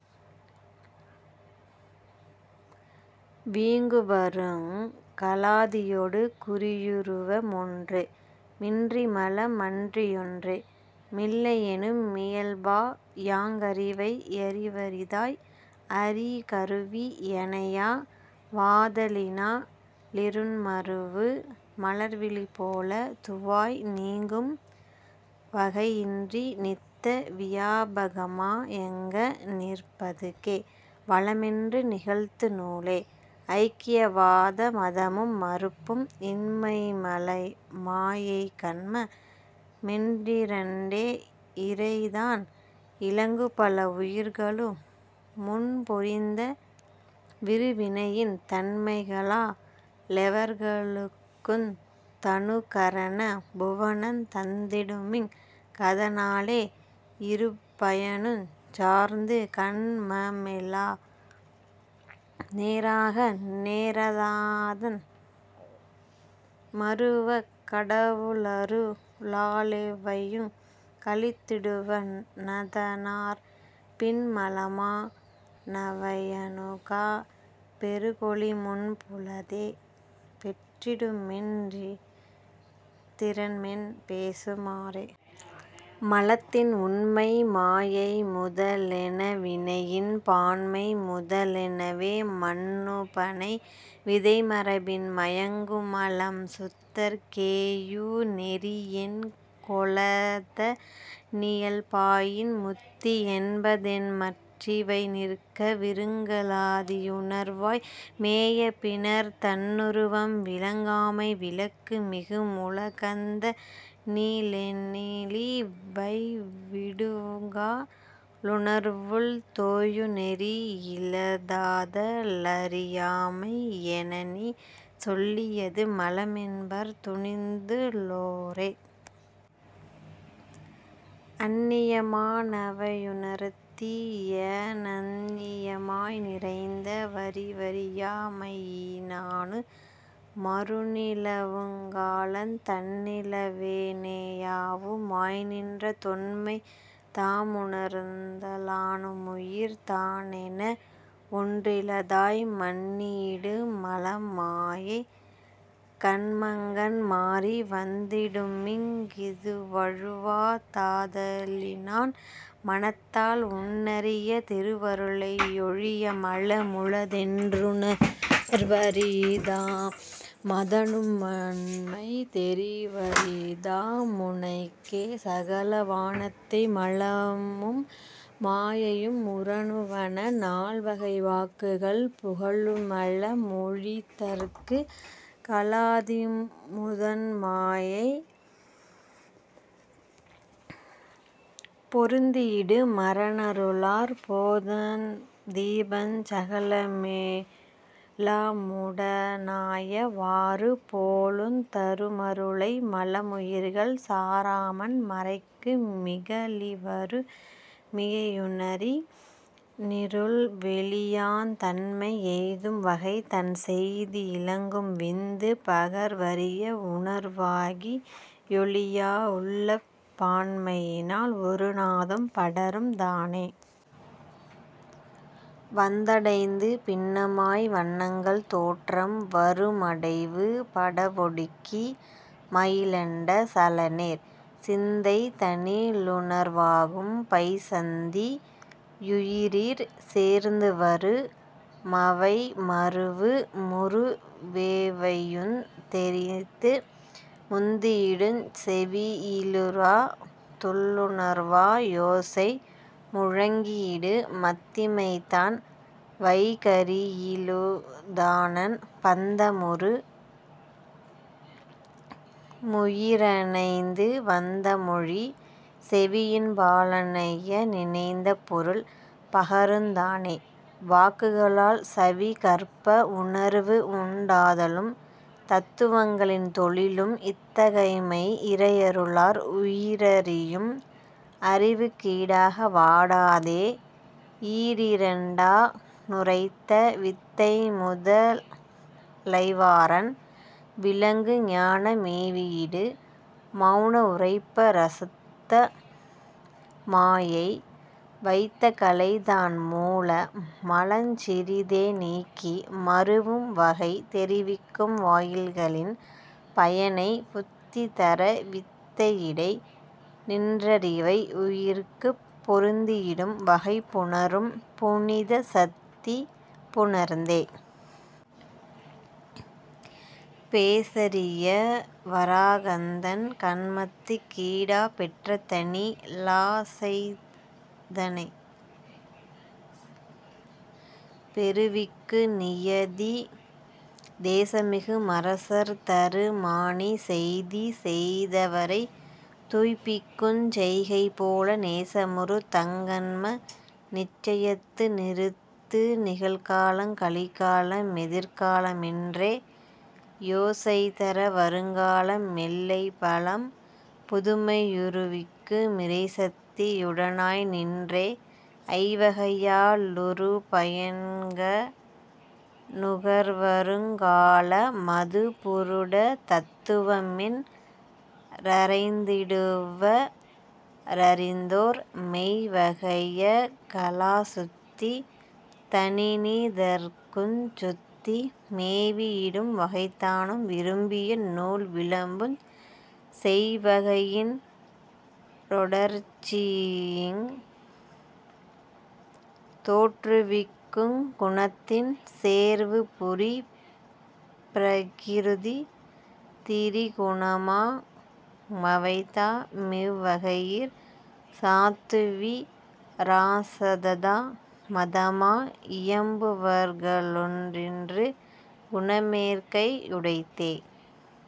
வீங்குவருங் கலாதியொடு குறியுருவ மொன்று மின்றிமல மன்றியொன்று மில்லையெனு மியல்பா யாங்கறிவை யறிவரிதாய் அறிகருவி யணையா வாதலினா லிருண்மருவு மலர்விழிபோல துவாய் நீங்கும்வகை யின்றி நித்த வியாபகமா யங்க ணிற்பதுகே வலமென்று நிகழ்த்து நூலே. ஐக்கியவாத மதமும் மறுப்பும் இன்மைமல மாயைகன்ம மென்றிரண்டே யிறைதான் இலங்குபல வுயிர்களு முன்புரிந்த விருவினையின் தன்மைகளா லெவர்களுக்குந் தனுகரண புவனந் தந்திடுமிங் கதனாலே யிருபயனுஞ் சார்ந்து கன்மமெலா நேராக நேரதாதன் மருவக் கடவுளரு ளாலெவையுங் கழித்திடுவ னதனாற் பின்மலமா னவையணுகா பெருகொளிமுன்புளதே பெற்றிடுமென் றித்திறமென் பேசு மாறே. மலத்தின் உண்மை மாயைமுத லெனவினையின் பான்மைமுதலெனவே மன்னுபனை விதைமரபின் மயங்குமலம் சுத்தற் கேயுநெறி யென்கொலத னியல்பாயின் முத்தி என்பதென்மற் றிவை நிற்க விருங்கலாதி யுணர்வாய் மேய பினர்த் தன்னுருவம் விளங்காமை விளக்கு மிகுமுலகந்த னிலென்னிலி வைவிடுங்கா லுணர்வுள் தோயுநெறி யிலதாத லறியாமை யெனநீ சொல்லியது மலமென்பர் துணிந்து ளோரே. அந்நியமா னவையுணர்த்தி யநந்நியமாய் நிறைந்த வறிவறியா மையினானு மருணிலவுங் காலந் தன்னிலவ னேயாவு மாய்நின்ற தொன்மை தாமுணர்த லானுமுயிர் தானென வொன்றிலதாய் மன்னியிடு மலமாயை கன்மங்கண் மாறி வந்திடுமிங் கிதுவழுவா தாதலினான் மனத்தால் உன்னரிய திருவருளை யொழியமல முளதென் றுணர்வரிதா மதனுண்மை தெரிவரிதா முனக்கே.. சகலாவாணத்தை மலமும் மாயையும் முரனுவன: நால்வகை வாக்குகள் புகலுமல மொழித்தற்குக் கலாதிமுதன் மாயை பொருந்தியிடு மரனருளாற் போதந் தீபஞ் சகலமெலா முடனாய வாறு போலுந் தருமருளை மலமுயிர்கள் சாராமன் மறைக்கு மிகலிவரு மியையுணரி னிருள்வெளியாந் தன்மை எய்தும் வகை தன்செய்தி யிலங்கும் விந்து பகர்வரிய வுணர்வாகி யொளியா யுள்ளப் பான்மையினால் ஒரு நாதம் படரும் தானே. வந்தடைந்து பின்னமாய் வன்னங்கள் தோற்றம் வருமடைவு படவொடுக்கி மயிலண்ட சலநேர் சிந்தைதனி லுணர்வாகும் பைசந்தி யுயிரிற் சேர்ந்துவரு மவைமருவு முருவெவையுந் தெரித்து முந்தியிடுஞ் செவியிலுறா துள்ளணர்வா யோசை முழங்கியிடு மத்திமைதான் வைகரியிலுதானன் பந்தமுறு முயிரணைந்து வந்தமொழி செவியின் பாலணைய நினைந்த பொருள் பகருந் தானே. வாக்குகளால் சவிகற்ப உணர்வு உண்டாதலும் தத்துவங்களின் தொழிலும் இத்தகைமை இறையருளால் உயிரறியும் அறிவுக் கீடாக வாடாதே யீரிரண்டா னுரைத்த வித்தைமுத லைவாரன் விளங்கு ஞான மேவியிடு மெனவுரைப்ப ரசுத்த மாயை வைத்தகலை தான்மூல மலஞ்சிறிதே நீக்கி மருவும்வகை தெரிவிக்கும் வாயில்களின் பயனைப் புத்திதர வித்தையிடை நின்றறிவை யுயிர்க்குப் பொருந்தியிடும் வகைபுணரும் புனிதசத்தி புணர்ந்தே. பேசரிய வராகந்தன் கன்மத்துக் கீடாப் பெற்றதனி லாசைதனைப் பெருவிக்கு நியதி தேசமிகு மரசர்தரு மாணி செய்தி செய்தவரைத் துய்ப்பிக்குஞ் செய்கை போல நேசமுறு தங்கன்ம நிச்சயித்து நிறுத்து நிகழ்காலங் கழிகால மெதிர்கால மென்றே யோசைதர வருங்கால மெல்லைபலம் புதுமை யுறுவிக்கு மிறைசக்தி யுடனாய் நின்றே. ஐவகையா லுறுபயன்க ணுகரவருங் கால மதுபுருட தத்துவமென் றறைந்திடுவ ரறிந்தோர் மெய்வகைய கலாசுத்தி தனினிதற்குஞ் சுத்தி மேவியிடும் வகைதானும் விரும்பிய நூல் விளம்புஞ் செய்வகையின் றொடர்ச்சியிங்குத் தோற்றுவிக்குங் குணத்தின் சேர்வுபுரி பிரகிருதி திரிகுணமா மவைதா மிவ்வகையிற் சாத்துவி ராசததா மதமா இயம்புவர்க ளொன்றிடு குணமேற்கை யுடைத்தே.